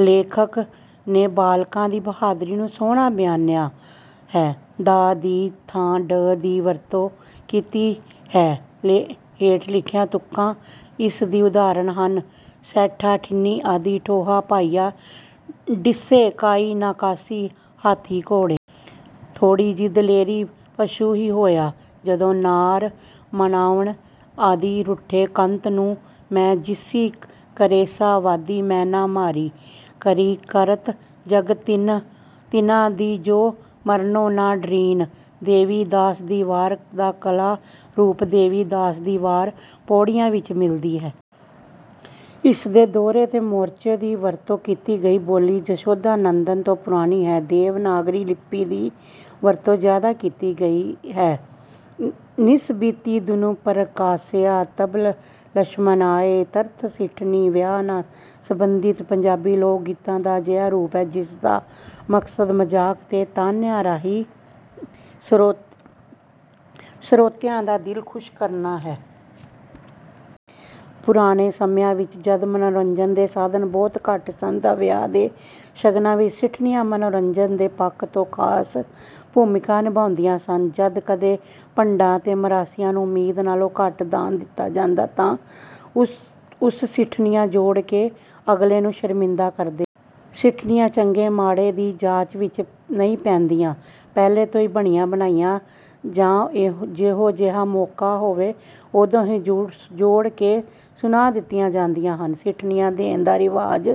ਲੇਖਕ ਨੇ ਬਾਲਕਾਂ ਦੀ ਬਹਾਦਰੀ ਨੂੰ ਸੋਹਣਾ ਬਿਆਨਿਆ ਹੈ। 'ਦਾ' ਦੀ ਥਾਂ 'ਡ' ਦੀ ਵਰਤੋਂ ਕੀਤੀ ਹੈ। ਹੇਠ ਲਿਖੀਆਂ ਤੁਕਾਂ ਇਸ ਦੀ ਉਦਾਹਰਨ ਹਨ: ਸੈਠਾਂ ਡਿਠੀ ਆਦੀ ਡੋਹਾਂ ਭਾਈਆਂ। ਡਿਸੇ ਕਾਇ ਨਾਂ ਕਾਸੀ, ਹਾਥੀ ਘੋੜਿਆਂ। ਥੋੜੀ ਜੀ ਦਲੇਰੀ, ਭੁਸੁ ਹੀ ਹੋਇਆ। ਜਦੁ ਨਾਰ ਮਨਾਵਣ ਆਦੀ ਰੁਠੇ ਕੰਤ ਨੂੰ। ਮੈਂ ਜਿਸੀਂ ਕਰੇਸ਼ਾਂ ਵਾਦੀ ਮੈਨਾ ਮਾਰਿ ਕਰਕੀਰਤ ਜਗ ਤਿਨ੍ਹਾਂ ਦੀ, ਜੋ ਮਰਨੋ ਨਾ ਡਰਨਿ। ਦੇਵੀ ਦਾਸ ਦੀ ਵਾਰ ਦਾ ਕਲਾ ਰੂਪ: ਦੇਵੀ ਦਾਸ ਦੀ ਵਾਰ ਪਉੜੀਆਂ ਵਿੱਚ ਮਿਲਦੀ ਹੈ। ਇਸ ਨੇ ਦੋਹਰੇ ਤੇ ਮੋਰਚੇ ਦੀ ਵਰਤੋਂ ਕੀਤੀ ਹੈ। ਬੋਲੀ ਜਸ਼ੋਧਾ ਨੰਦਨ ਤੋਂ ਪੁਰਾਣੀ ਹੈ। ਦੇਵਨਾਗਰੀ ਲਿੱਪੀ ਦੀ ਵਰਤੋਂ ਜ਼ਿਆਦਾ ਕੀਤੀ ਗਈ ਹੈ। ਨਿਸ ਬੀਤੀ ਦਿਨੁ ਪਰਕਾਸਿਆਂ, ਤਬਿ ਲਛਮਨ ਆਏ। ਤਰਥ। ਸਿੱਠਣੀ, ਵਿਆਹ ਨਾਲ ਸਬੰਧਿਤ ਪੰਜਾਬੀ ਲੋਕਗੀਤਾਂ ਦਾ ਅਜਿਹਾ ਰੂਪ ਹੈ, ਜਿਸ ਦਾ ਮਕਸਦ ਮਜ਼ਾਕ ਜਾਂ ਤਾਅਨੇ ਰਾਹੀਂ ਸਰੋਤਿਆਂ ਦਾ ਦਿਲ ਖੁਸ਼ ਕਰਨਾ ਹੈ। ਪੁਰਾਣੇ ਸਮਿਆਂ ਵਿਚ ਜਦ ਮਨੋਰੰਜਨ ਦੇ ਸਾਧਨ ਬਹੁਤ ਘੱਟ ਸਨ ਤਾਂ ਵਿਆਹ ਦੇ ਸ਼ਗਨਾਂ ਵਿਚ ਸਿੱਠਣੀਆਂ ਮਨੋਰੰਜਨ ਦੇ ਪੱਖ ਤੋਂ ਖਾਸ ਭੂਮਿਕਾ ਨਿਭਾਉਂਦੀਆਂ ਸਨ। ਜਦੋਂ ਕਦੇ ਭੰਡਾਂ ਤੇ ਮਰਾਸੀਆਂ ਨੂੰ ਉਮੀਦ ਨਾਲੋਂ ਘੱਟ ਦਾਨ ਦਿੱਤਾ ਜਾਂਦਾ ਤਾਂ ਉਹ ਸਿੱਠਣੀਆਂ ਜੋੜ ਕੇ ਅਗਲੇ ਨੂੰ ਸ਼ਰਮਿੰਦਾ ਕਰਦੇ ਸਨ। ਸਿੱਠਣੀਆਂ ਚੰਗੇ-ਮਾੜੇ ਦੀ ਜਾਂਚ ਵਿੱਚ ਨਹੀਂ ਪੈਂਦੀਆਂ। ਪਹਿਲਾਂ ਹੀ ਬਣੀਆਂ ਬਣਾਈਆਂ ਜਾਂ ਜਿਹੋ ਜਿਹਾ ਮੌਕਾ ਹੋਵੇ, ਉਦੋਂ ਹੀ ਜੋੜ ਕੇ ਸੁਣਾ ਦਿੱਤੀਆਂ ਜਾਂਦੀਆਂ ਹਨ। ਸਿੱਠਣੀਆਂ ਦੇਣ ਦਾ ਰਿਵਾਜ਼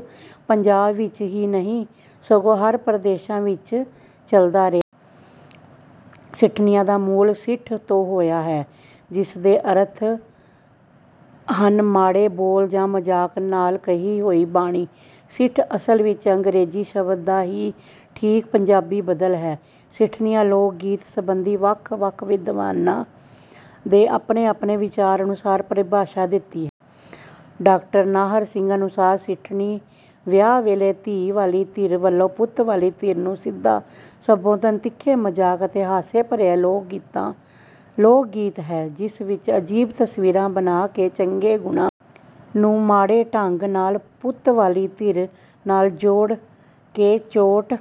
ਪੰਜਾਬ ਵਿੱਚ ਹੀ ਨਹੀਂ ਸਗੋਂ ਹਰ ਪ੍ਰਦੇਸ਼ਾਂ ਵਿਚ ਵੀ ਚੱਲਦਾ ਰਿਹਾ । ਸਿੱਠਣੀ ਦਾ ਮੂਲ 'ਸਿੱਠ' ਤੋਂ ਹੋਇਆ ਹੈ, ਜਿਸ ਦੇ ਅਰਥ ਹਨ ਮਾੜੇ ਬੋਲ ਜਾਂ ਮਜ਼ਾਕ ਨਾਲ ਕਹੀ ਹੋਈ ਬਾਣੀ। ਸਿੱਠ, ਅਸਲ ਵਿਚ ਅੰਗਰੇਜ਼ੀ ਸ਼ਬਦ ਦਾ ਹੀ ਠੀਕ ਪੰਜਾਬੀ ਬਦਲ ਹੈ। ਸਿੱਠਣੀਆਂ ਲੋਕ ਗੀਤ ਸਬੰਧੀ ਵੱਖ-ਵੱਖ ਵਿਦਵਾਨਾਂ ਨੇ ਆਪਣੇ-ਆਪਣੇ ਵਿਚਾਰ ਅਨੁਸਾਰ ਪਰਿਭਾਸ਼ਾ ਦਿੱਤੀ ਹੈ। ਡਾਕਟਰ ਨਾਹਰ ਸਿੰਘ ਅਨੁਸਾਰ- "ਸਿੱਠਣੀ ਵਿਆਹ ਵੇਲੇ ਧੀ ਵਾਲੀ ਧਿਰ ਵਲੋਂ ਪੁੱਤ ਵਾਲੀ ਧਿਰ ਨੂੰ ਸਿੱਧਾ ਸੰਬੋਧਨ, ਤਿੱਖੇ ਮਜ਼ਾਕ ਅਤੇ ਹਾਸੇ ਭਰਿਆ ਲੋਕ ਗੀਤ ਹੈ ਜਿਸ ਵਿਚ ਅਜੀਬ ਤਸਵੀਰਾਂ ਬਣਾ ਕੇ ਚੰਗੇ ਗੁਣਾਂ ਨੂੰ ਮਾੜੇ ਢੰਗ ਨਾਲ ਪੁੱਤ ਵਾਲੀ ਧਿਰ ਨਾਲ ਜੋੜ ਕੇ ਚੋਟ